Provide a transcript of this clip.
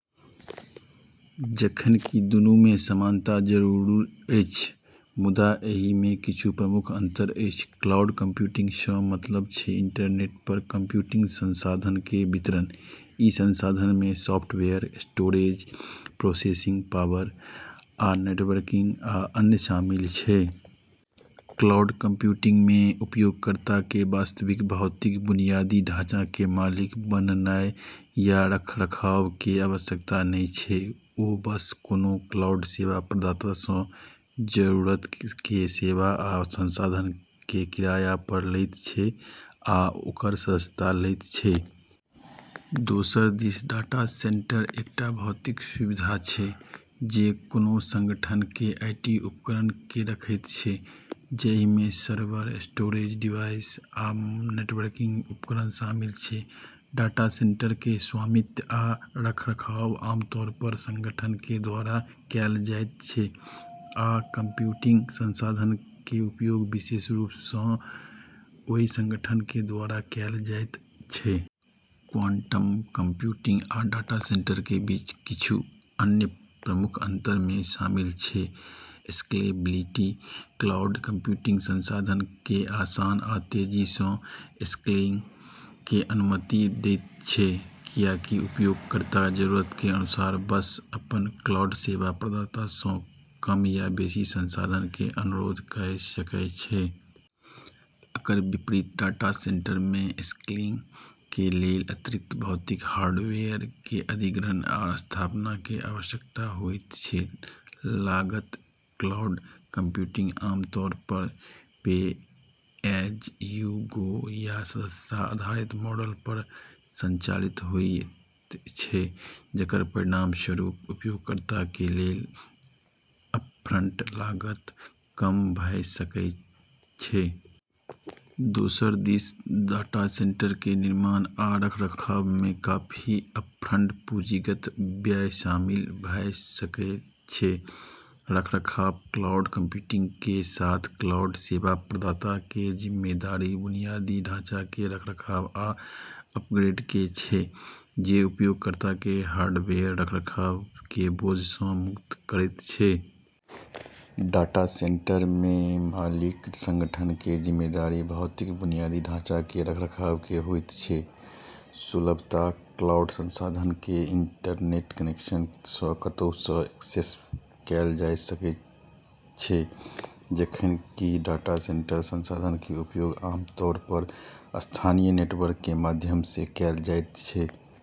जखन कि दुनू मे समानता जरूर अछि, मुदा एहि मे किछु प्रमुख अंतर अछि। क्लाउड कंप्यूटिंग सँ मतलब छै इंटरनेट पर कंप्यूटिंग संसाधन के वितरण। ई संसाधन मे सॉफ्टवेयर, स्टोरेज, प्रोसेसिंग पावर, आ नेटवर्किंग, आ अन्य शामिल छै। क्लाउड कंप्यूटिंग मे, उपयोगकर्ता के वास्तविक भौतिक बुनियादी ढाँचा के मालिक बननाय या रखरखाव के आवश्यकता नहि छै; ओ बस कोनों क्लाउड सेवा प्रदाता सँ जरूरत के सेवा आ संसाधन के किराया पर लैत छै या ओकर सदस्यता लैत छै। दोसर दिस, डाटा सेंटर एकटा भौतिक सुविधा छै जे कोनों संगठन के आईटी उपकरण के रखैत छै, जहि मे सर्वर, स्टोरेज डिवाइस आ नेटवर्किंग उपकरण शामिल छै। डाटा सेंटर के स्वामित्व आ रखरखाव आमतौर पर संगठन के द्वारा कैल जाइत छै, आ कंप्यूटिंग संसाधन के उपयोग विशेष रूप सँ ओय संगठन के द्वारा कैल जाइत छै। क्वांटम कंप्यूटिंग आ डाटा सेंटर के बीच किछु अन्य प्रमुख अंतर मे शामिल छै: स्केलेबिलिटी: क्लाउड कंप्यूटिंग संसाधन के आसान आ तेजी सँ स्केलिंग के अनुमति देयत छै, कियाकि उपयोगकर्ता जरूरत के अनुसार बस अपन क्लाउड सेवा प्रदाता सँ कम या बेसि संसाधन के अनुरोध कऽ सकय छै। एकर विपरीत, डाटा सेंटर मे स्केलिंग के लेल अतिरिक्त भौतिक हार्डवेयर के अधिग्रहण आ स्थापना के आवश्यकता होयत छै। लागत: क्लाउड कंप्यूटिंग आमतौर पर पे-एज-यू-गो या सदस्यता आधारित मॉडल पर संचालित होयत छै, जेकर परिणामस्वरूप उपयोगकर्ता के लेल अपफ्रंट लागत कम भऽ सकय छै। दोसर दिस डाटा सेंटर के निर्माण आ रखरखाव मे काफी अपफ्रंट पूंजीगत व्यय शामिल भऽ सकय छै। रखरखाव: क्लाउड कंप्यूटिंग के साथ क्लाउड सेवा प्रदाता के जिम्मेदारी बुनियादी ढाँचा के रखरखाव आ अपग्रेड के छै, जे उपयोगकर्ता के हार्डवेयर रखरखाव के बोझ सँ मुक्त करैत छै। डाटा सेंटर मे मालिक संगठन के जिम्मेदारी भौतिक बुनियादी ढाँचा के रखरखाव के होयत छै। सुलभता: क्लाउड संसाधन के इंटरनेट कनेक्शन सँ कतहु सँ एक्सेस कैल जा सकय छै, जखन कि डाटा सेंटर संसाधन के उपयोग आमतौर पर स्थानीय नेटवर्क के माध्यम सँ कैल जाइत छै।